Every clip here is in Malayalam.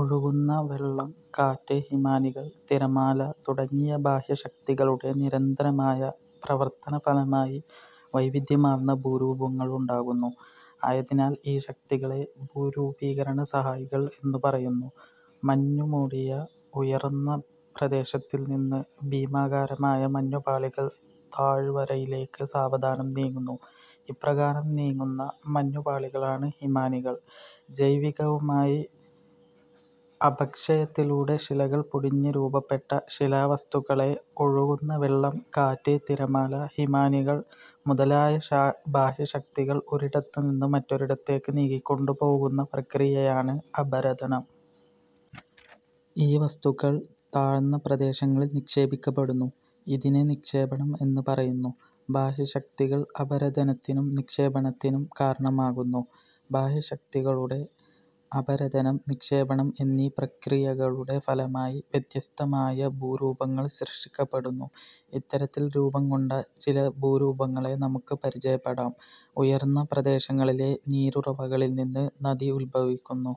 ഒഴുകുന്ന വെള്ളം, കാറ്റ്, ഹിമാനികൾ, തിരമാല തുടങ്ങിയ ബാഹ്യശക്തികളുടെ നിരന്തരമായ പ്രവർത്തനഫലമായി വൈവിധ്യമാർന്ന ഭൂരൂപങ്ങളുണ്ടാകുന്നു. ആയതിനാൽ ഈ ശക്തികളെ ഭൂരൂപരൂപീക രണസഹായികൾ എന്നു പറയുന്നു. മഞ്ഞുമൂടിയ ഉയർന്ന പ്രദേശങ്ങളിൽനിന്ന് ഭീമാകാരമായ മഞ്ഞുപാളികൾ താഴ്വരയിലേക്ക് സാവധാനം നീങ്ങുന്നു. ഇപ്രകാരം നീങ്ങുന്ന മഞ്ഞു പാളികളാണ് ഹിമാനികൾ. ജൈവികവുമായ അപക്ഷയത്തിലൂടെ ശിലകൾ പൊടിഞ്ഞ് രൂപപ്പെട്ട ശിലാവസ്തുക്കളെ ഒഴുകുന്ന വെള്ളം, കാറ്റ്, തിരമാല, ഹിമാനികൾ മുതലായ ബാഹ്യശക്തികൾ ഒരിടത്തുനിന്ന് മറ്റൊരിടത്തേക്കു നീക്കിക്കൊണ്ടു പോകുന്ന പ്രക്രിയയാണ് അപരദനം. ഈ വസ്തുക്കൾ താഴ്ന്ന പ്രദേശങ്ങളിൽ നിക്ഷേപിക്കപ്പെടുന്നു. ഇതിനെ നിക്ഷേപണം എന്ന് പറയുന്നു. ബാഹ്യശക്തികൾ അപരദനത്തിനും നിക്ഷേപണത്തിനും കാരണമാകുന്നു. ബാഹ്യശക്തികളുടെ അപരദനം, നിക്ഷേപണം എന്നീ പ്രക്രിയകളുടെ ഫലമായി വ്യത്യസ്തമായ ഭൂരൂപങ്ങൾ സൃഷ്ടിക്കപ്പെടുന്നു. ഇത്തരത്തിൽ രൂപം കൊണ്ട് ചില ഭൂരൂപങ്ങളെ നമുക്ക് പരിചയപ്പെടാം. ഉയർന്ന പ്രദേശങ്ങളിലെ നീരുറവകളിൽനിന്ന് നദി ഉദ്ഭവിക്കുന്നു.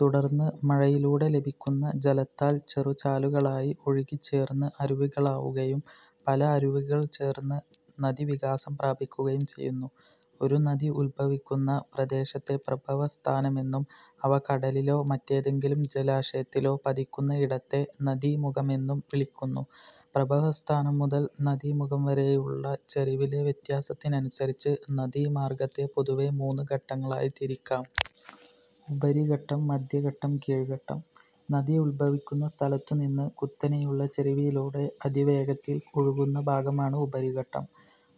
തുടർന്ന് മഴയിലൂടെ ലഭിക്കുന്ന ജലത്താൽ ചെറുചാലുകളായി ഒഴുകി ഒന്നുചേർന്ന് അരുവികളാവുകയും പല അരുവികൾ ചേർന്ന് നദി വികാസം പ്രാപിക്കുകയും ചെയ്യുന്നു. ഒരു നദി ഉദ്ഭവിക്കുന്ന പ്രദേശത്തെ പ്രഭവസ്ഥാനമെന്നും അവ കടലിലോ മറ്റേതെങ്കിലും ജലാശയത്തിലോ പതിക്കുന്ന ഇടത്തെ നദീമുഖമെന്നും വിളിക്കുന്നു. പ്രഭവസ്ഥാനം മുതൽ നദീമുഖം വരെയുള്ള ചരിവിലെ വ്യത്യാസത്തിനനുസരിച്ച് നദീമാർഗത്തെ പൊതുവെ മൂന്നു ഘട്ടങ്ങളായി തിരിക്കാം. ഉപരിഘട്ടം. മധ്യഘട്ടം, കീഴ്ഘട്ടം. നദി ഉദ്ഭവിക്കുന്ന സ്ഥലത്തുനിന്ന് കുത്തനെയുള്ള ചരിവിലൂടെ അതിവേഗത്തിൽ ഒഴുകുന്ന ഭാഗമാണ് ഉപരിഘട്ടം.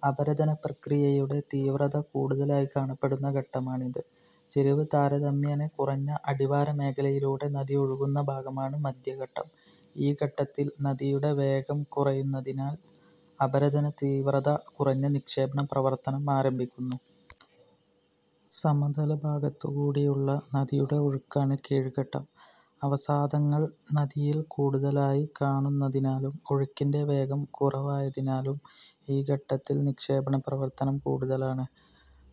അപരദന പ്രക്രിയയുടെ തീവ്രത കൂടുതലായി കാണപ്പെടുന്ന ഘട്ടമാണിത്. ചരിവ് താരതമ്യേന കുറഞ്ഞ അടിവാര മേഖലയിലൂടെ നദി ഒഴുകുന്ന ഭാഗമാണ് മധ്യഘട്ടം. ഈ ഘട്ടത്തിൽ നദിയുടെ വേഗം കുറയുന്നതിനാൽ അപരദനതീവ്രത കുറഞ്ഞ് നിക്ഷേപണപ്രവർത്തനം ആരംഭിക്കുന്നു. സമതലഭാഗത്തു കൂടിയുള്ള നദിയുടെ ഒഴുക്കാണ് കീഴ്ഘട്ടം. അവസാദങ്ങൾ നദിയിൽ കൂടുതലായി കാണുന്നതിനാലും ഒഴുക്കിന്റെ വേഗം കുറവായതിനാലും ഈ ഘട്ടത്തിൽ നിക്ഷേപണ പ്രവർത്തനം കൂടുതലാണ്.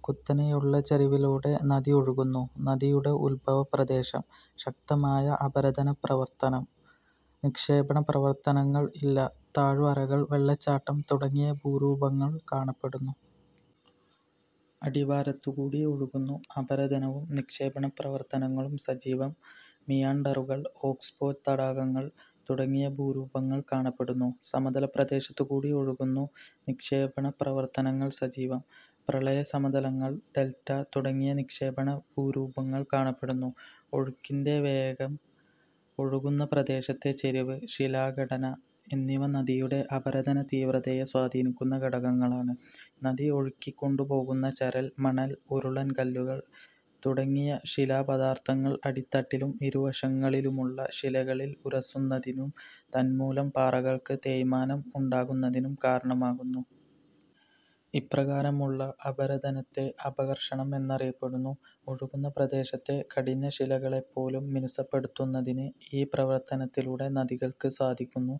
കുത്തനെയുള്ള ചരിവിലൂടെ നദി ഒഴുകുന്നു. നദിയുടെ ഉദ്ഭവ പ്രദേശം. ശക്തമായ അപരദന പ്രവർത്തനം. നിക്ഷേപണപ്രവർത്തനങ്ങൾ ഇല്ല. താഴ്വരകൾ, വെള്ളച്ചാട്ടം തുടങ്ങിയ ഭൂരൂപങ്ങൾ കാണപ്പെടുന്നു. അടിവാരത്തുകൂടി ഒഴുകുന്നു. അപരദനവും നിക്ഷേപണപ്രവർത്തനങ്ങളും സജീവം. മിയാൻഡറുകൾ, ഓക്സ്ബോ തടാകങ്ങൾ തുടങ്ങിയ ഭൂരൂപങ്ങൾ കാണപ്പെടുന്നു. സമതലപ്രദേശത്തുകൂടി ഒഴുകുന്നു. നിക്ഷേപണപ്രവർത്തനങ്ങൾ സജീവം. പ്രളയ സമതലങ്ങൾ, ഡൽറ്റ തുടങ്ങിയ നിക്ഷേപണഭൂരൂപങ്ങൾ കാണപ്പെടുന്നു. ഒഴുക്കിന്റെ വേഗം, ഒഴുകുന്ന പ്രദേശത്തെ ചരിവ്, ശിലാഘടന എന്നിവ നദിയുടെ അപരദനതീവ്രതയെ സ്വാധീനിക്കുന്ന ഘടകങ്ങളാണ്. നദി ഒഴുക്കിക്കൊണ്ടുപോകുന്ന ചരൽ, മണൽ, ഉരുളൻകല്ലുകൾ തുടങ്ങിയ ശിലാപദാർഥങ്ങൾ അടിത്തട്ടിലും ഇരുവശങ്ങളിലുമുള്ള ശിലകളിൽ ഉരസുന്നതിനും തന്മൂലം പാറകൾക്ക് തേയ്മാനം ഉണ്ടാകുന്നതിനും കാരണമാകുന്നു. ഇപ്രകാരമുള്ള അപരദനത്തെ അപഘർഷണം എന്നറിയപ്പെടുന്നു. ഒഴുകുന്ന പ്രദേശത്തെ കഠിനശിലകളെപ്പോലും മിനുസപ്പെടുത്തുന്നതിന് ഈ പ്രവർത്തനത്തിലൂടെ നദികൾക്ക് സാധിക്കുന്നു.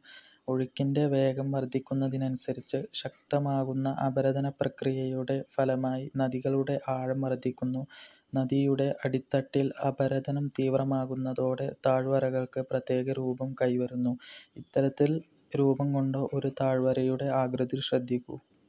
ഒഴുക്കിന്റെ വേഗം വർധിക്കുന്നതിനനുസരിച്ച് ശക്തമാകുന്ന അപരദനപ്രക്രിയയുടെ ഫലമായി നദികളുടെ ആഴം വർധിക്കുന്നു. നദിയുടെ അടിത്തട്ടിൽ അപരദനം തീവ്രമാകുന്നതോടെ താഴ്വരകൾക്ക് പ്രത്യേക രൂപം കൈവരുന്നു. ഇത്തരത്തിൽ രൂപംകൊണ്ട ഒരു താഴ്വരയുടെ ആകൃതി ശ്രദ്ധിക്കൂ.